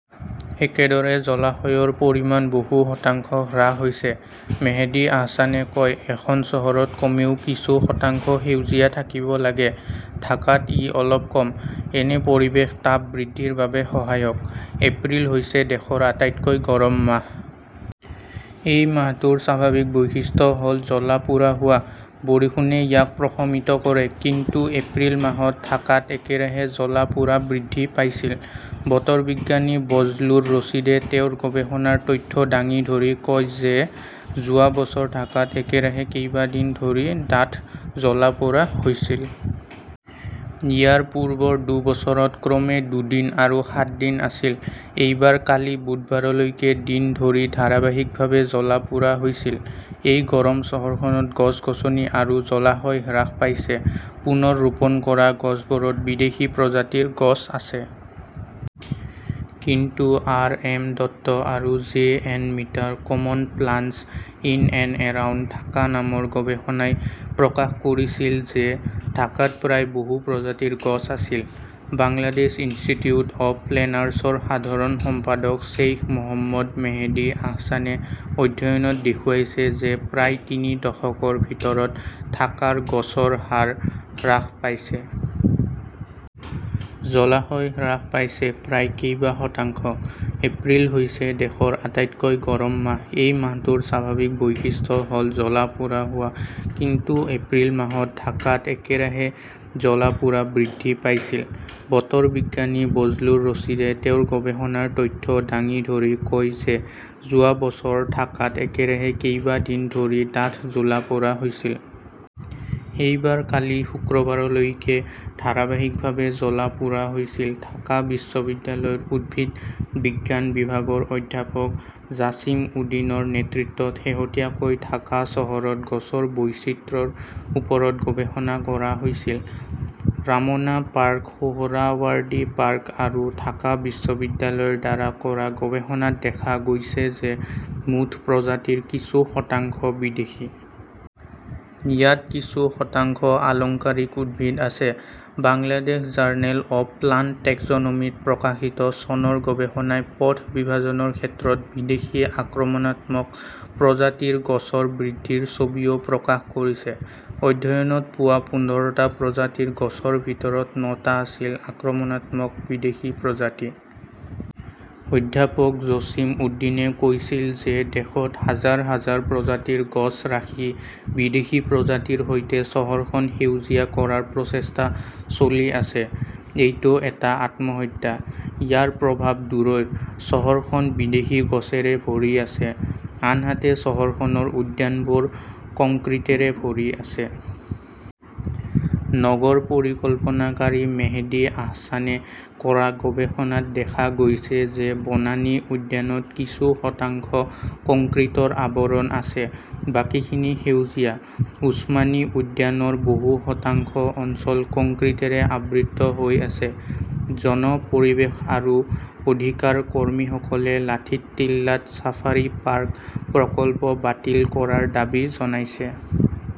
একেদৰে, জলাশয়ৰ পৰিমাণ বহু শতাংশ হ্ৰাস হৈছে। মেহদী আহছানে কয়, এখন চহৰত কমেও কিছু শতাংশ সেউজীয়া থাকিব লাগে। ঢাকাত ই অলপ কম। এনে পৰিৱেশ তাপ বৃদ্ধিৰ বাবে সহায়ক। এপ্ৰিল হৈছে দেশৰ আটাইতকৈ গৰম মাহ। এই মাহটোৰ স্বাভাৱিক বৈশিষ্ট্য হ'ল জ্বলা-পোৰা হোৱা। বৰষুণে ইয়াক প্ৰশমিত কৰে। কিন্তু এপ্ৰিল মাহত ঢাকাত একেৰাহে জ্বলা-পোৰা বৃদ্ধি পাইছিল। বতৰ বিজ্ঞানী বজলুৰ ৰছিদে তেওঁৰ গৱেষণাৰ তথ্য দাঙি ধৰি কয় যে যোৱা বছৰ ঢাকাত একেৰাহে কেইবা‌ দিন ধৰি ডাঠ জ্বলা-পোৰা হৈছিল। ইয়াৰ পূৰ্বৰ দুবছৰত ক্ৰমে দুদিন আৰু সাত দিন আছিল। এইবাৰ কালি বুধবাৰলৈকে দিন ধৰি ধাৰাবাহিকভাৱে জ্বলা-পোৰা হৈছিল। এই গৰম চহৰখনত গছ-গছনি আৰু জলাশয় হ্ৰাস পাইছে। পুনৰ ৰোপণ কৰা গছবোৰত বিদেশী প্ৰজাতিৰ গছ আছে। কিন্তু আৰ. এম. দত্ত আৰু জে. এন. মিত্ৰাৰ common plants in and around Dhaka নামৰ গৱেষণাই প্ৰকাশ কৰিছিল যে ঢাকাত প্ৰায় বহুত‌ প্ৰজাতিৰ গছ আছিল। বাংলাদেশ ইনষ্টিটিউট অৱ প্লেনাৰ্ছৰ সাধাৰণ সম্পাদক শ্বেইখ মহম্মদ মেহদী আহছানে অধ্যয়নত দেখুৱাইছে যে প্ৰায় তিনি দশকৰ ভিতৰত ঢাকাৰ গছৰ হাৰ হ্ৰাস পাইছে। জলাশয় হ্ৰাস পাইছে প্ৰায় কেইবা শতাংশ। এপ্ৰিল হৈছে দেশৰ আটাইতকৈ গৰম মাহ। এই মাহটোৰ স্বাভাৱিক বৈশিষ্ট্য হ'ল জ্বলা-পোৰা হোৱা। কিন্তু এপ্ৰিল মাহত ঢাকাত একেৰাহে জ্বলা-পোৰা বৃদ্ধি পাইছিল। বতৰ বিজ্ঞানী বজলুৰ ৰছিদে তেওঁৰ গৱেষণাৰ তথ্য দাঙি ধৰি কয় যে যোৱা বছৰ ঢাকাত একেৰাহে কেইবা দিন ধৰি ডাঠ জ্বলা-পোৰা হৈছিল। এইবাৰ কালি শুক্ৰবাৰলৈকে ধাৰাবাহিকভাৱে জ্বলা-পোৰা হৈছিল। ঢাকা বিশ্ববিদ্যালয়ৰ উদ্ভিদ বিজ্ঞান বিভাগৰ অধ্যাপক জাছিম উদিনৰ নেতৃত্বত শেহতীয়াকৈ ঢাকা চহৰত গছৰ বৈচিত্ৰ্যৰ ওপৰত গৱেষণা কৰা হৈছিল। ৰামনা পাৰ্ক, সোহৰাৱাৰ্ডি পাৰ্ক আৰু ঢাকা বিশ্ববিদ্যালয়ৰ দ্বাৰা কৰা গৱেষণাত দেখা গৈছে যে‌ মুঠ প্ৰজাতিৰ কিছু শতাংশ বিদেশী। ইয়াত কিছু শতাংশ আলংকাৰিক উদ্ভিদ আছে। বাংলাদেশ জাৰ্নেল অৱ প্লাণ্ট টেক্সনমীত প্ৰকাশিত চনৰ গৱেষণাই পথ বিভাজনৰ ক্ষেত্ৰত বিদেশী আক্ৰমণাত্মক প্ৰজাতিৰ গছৰ বৃদ্ধিৰ ছবিও প্ৰকাশ কৰিছে। অধ্যয়নত পোৱা পোন্ধৰটা প্ৰজাতিৰ গছৰ ভিতৰত নটা আছিল আক্ৰমণাত্মক বিদেশী প্ৰজাতি। অধ্যাপক জছিম উদ্দিনে কৈছিল যে দেশত হাজাৰ হাজাৰ প্ৰজাতিৰ গছ ৰাখি বিদেশী প্ৰজাতিৰ সৈতে চহৰখন সেউজীয়া কৰাৰ প্ৰচেষ্টা চলি আছে। এইটো এটা আত্মহত্যা। ইয়াৰ প্ৰভাৱ দূৰৈৰ। চহৰখন বিদেশী গছৰে ভৰি আছে, আনহাতে চহৰখনৰ উদ্যানবোৰ কংক্ৰিটেৰে ভৰি আছে। নগৰ পৰিকল্পনাকাৰী মেহদী আহছানে কৰা গৱেষণাত দেখা গৈছে যে বনানী উদ্যানত কিছু শতাংশ কংক্ৰিটৰ আৱৰণ আছে, বাকীখিনি সেউজীয়া। ওছমানী উদ্যানৰ বহু শতাংশ অঞ্চল কংক্ৰিটেৰে আবৃত হৈ আছে। জন পৰিৱেশ আৰু অধিকাৰ কৰ্মীসকলে লাথিট্টিলাত ছাফাৰী পাৰ্ক প্ৰকল্প বাতিল কৰাৰ দাবী জনাইছে।